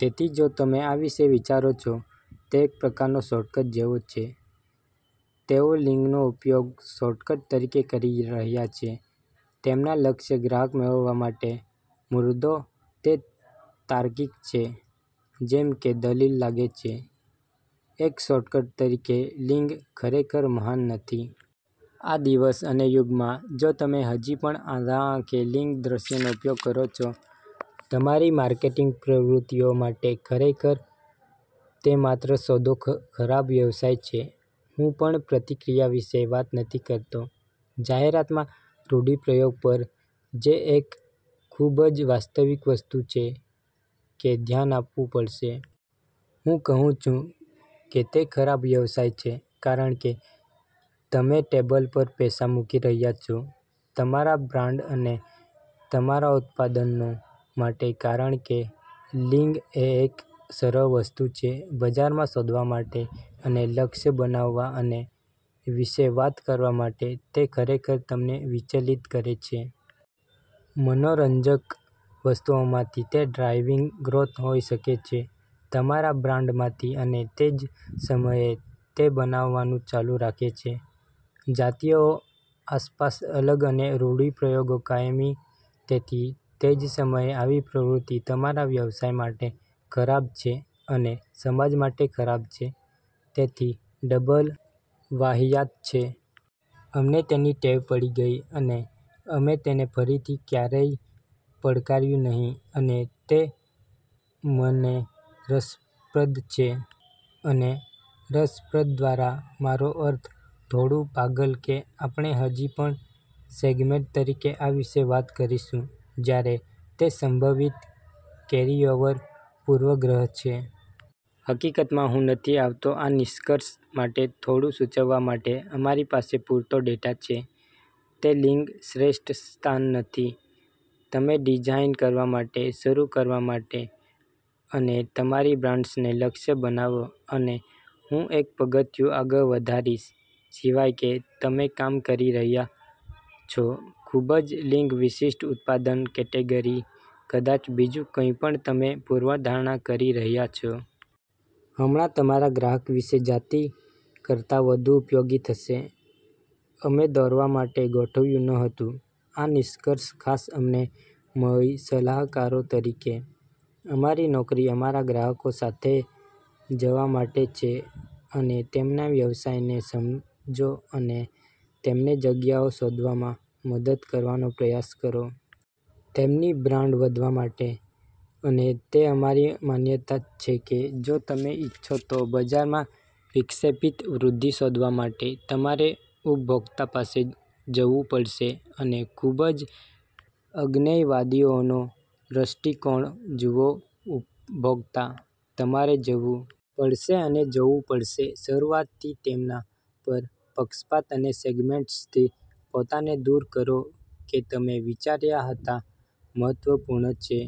તેથી જો તમે આ વિશે વિચારો છો તે એક પ્રકારનો શોર્ટકટ જેવો છે. તેઓ લિંગનો ઉપયોગ શોર્ટકટ તરીકે કરી રહ્યાં છે, તેમના લક્ષ્ય ગ્રાહક મેળવવા માટે. મુદ્દો તે તાર્કિક છે જેમ કે દલીલ લાગે છે, એક શોર્ટકટ તરીકે લિંગ ખરેખર મહાન નથી. આ દિવસ અને યુગમાં, જો તમે હજી પણ આંધળા આંખે લિંગ દૃશ્યનો ઉપયોગ કરો છો તમારી માર્કેટિંગ પ્રવૃત્તિઓ માટે, ખરેખર તે માત્ર સાદો ખરાબ વ્યવસાય છે. હું પણ પ્રતિક્રિયા વિશે વાત નથી કરતો. જાહેરાતમાં રૂઢિપ્રયોગ પર, જે એક ખૂબ જ વાસ્તવિક વસ્તુ છે કે ધ્યાન આપવું પડશે. હું કહું છું કે તે ખરાબ વ્યવસાય છે, કારણ કે તમે ટેબલ પર પૈસા મૂકી રહ્યા છો તમારા બ્રાન્ડ અને તમારા ઉત્પાદનો માટે, કારણ કે લિંગ એ એક સરળ વસ્તુ છે. બજારમાં શોધવા માટે અને લક્ષ્ય બનાવવા અને વિશે વાત કરવા માટે તે ખરેખર તમને વિચલિત કરે છે. મનોરંજક વસ્તુઓમાંથી તે ડ્રાઇવિંગ ગ્રોથ હોઈ શકે છે, તમારા બ્રાન્ડ માંથી અને તે જ સમયે, તે બનાવવાનું ચાલુ રાખે છે .જાતિઓ આસપાસ અલગ અને રૂઢિપ્રયોગો કાયમી, તેથી તે જ સમયે આ પ્રવૃત્તિ તમારા વ્યવસાય માટે ખરાબ છે અને સમાજ માટે ખરાબ છે, તેથી ડબલ વાહિયાત છે. અમને તેની ટેવ પડી ગઈ અને અમે તેને ફરીથી ક્યારેય પડકાર્યું નહીં અને તે મને રસપ્રદ છે અને રસપ્રદ દ્વારા મારો અર્થ થોડું પાગલ કે આપણે હજી પણ સેગમેન્ટ તરીકે આ વિશે વાત કરીશું, જ્યારે તે સંભવિત કેરીઓવર પૂર્વગ્રહ છે. હકીકતમાં હું નથી આવતો આ નિષ્કર્ષ માટે થોડું સૂચવવા માટે અમારી પાસે પૂરતો ડેટા છે, તે લિંગ શ્રેષ્ઠ સ્થાન નથી. તમે ડિઝાઇન કરવા માટે શરૂ કરવા માટે અને તમારી બ્રાન્ડ્સને લક્ષ્ય બનાવો અને હું એક પગથિયું આગળ વધારીશ, સિવાય કે તમે કામ કરી રહ્યા છો ખૂબ જ લિંગ-વિશિષ્ટ ઉત્પાદન કેટેગરી, કદાચ બીજું કંઈપણ તમે પૂર્વધારણા કરી રહ્યા છો. હમણાં તમારા ગ્રાહક વિશે જાતિ કરતાં વધુ ઉપયોગી થશે. અમે દોરવા માટે ગોઠવ્યું ન હતું. આ નિષ્કર્ષ ખાસ અમને મળી સલાહકારો તરીકે, અમારી નોકરી અમારા ગ્રાહકો સાથે જવા માટે છે અને તેમના વ્યવસાયને સમજો અને તેમને જગ્યાઓ શોધવામાં મદદ કરવાનો પ્રયાસ કરો. તેમની બ્રાન્ડ વધવા માટે અને તે અમારી માન્યતા છે કે જો તમે ઇચ્છો તો બજારમાં વિક્ષેપિત વૃદ્ધિ શોધવા માટે, તમારે ઉપભોક્તા પાસે જવું પડશે અને ખૂબ જ અજ્ઞેયવાદીઓનો દૃષ્ટિકોણ જુઓ ઉપભોક્તા. તમારે જવું પડશે અને જોવું પડશે શરૂઆતથી તેમના પર પક્ષપાત અને સેગમેન્ટ્સથી પોતાને દૂર કરો કે તમે વિચાર્યા હતા મહત્વપૂર્ણ છે,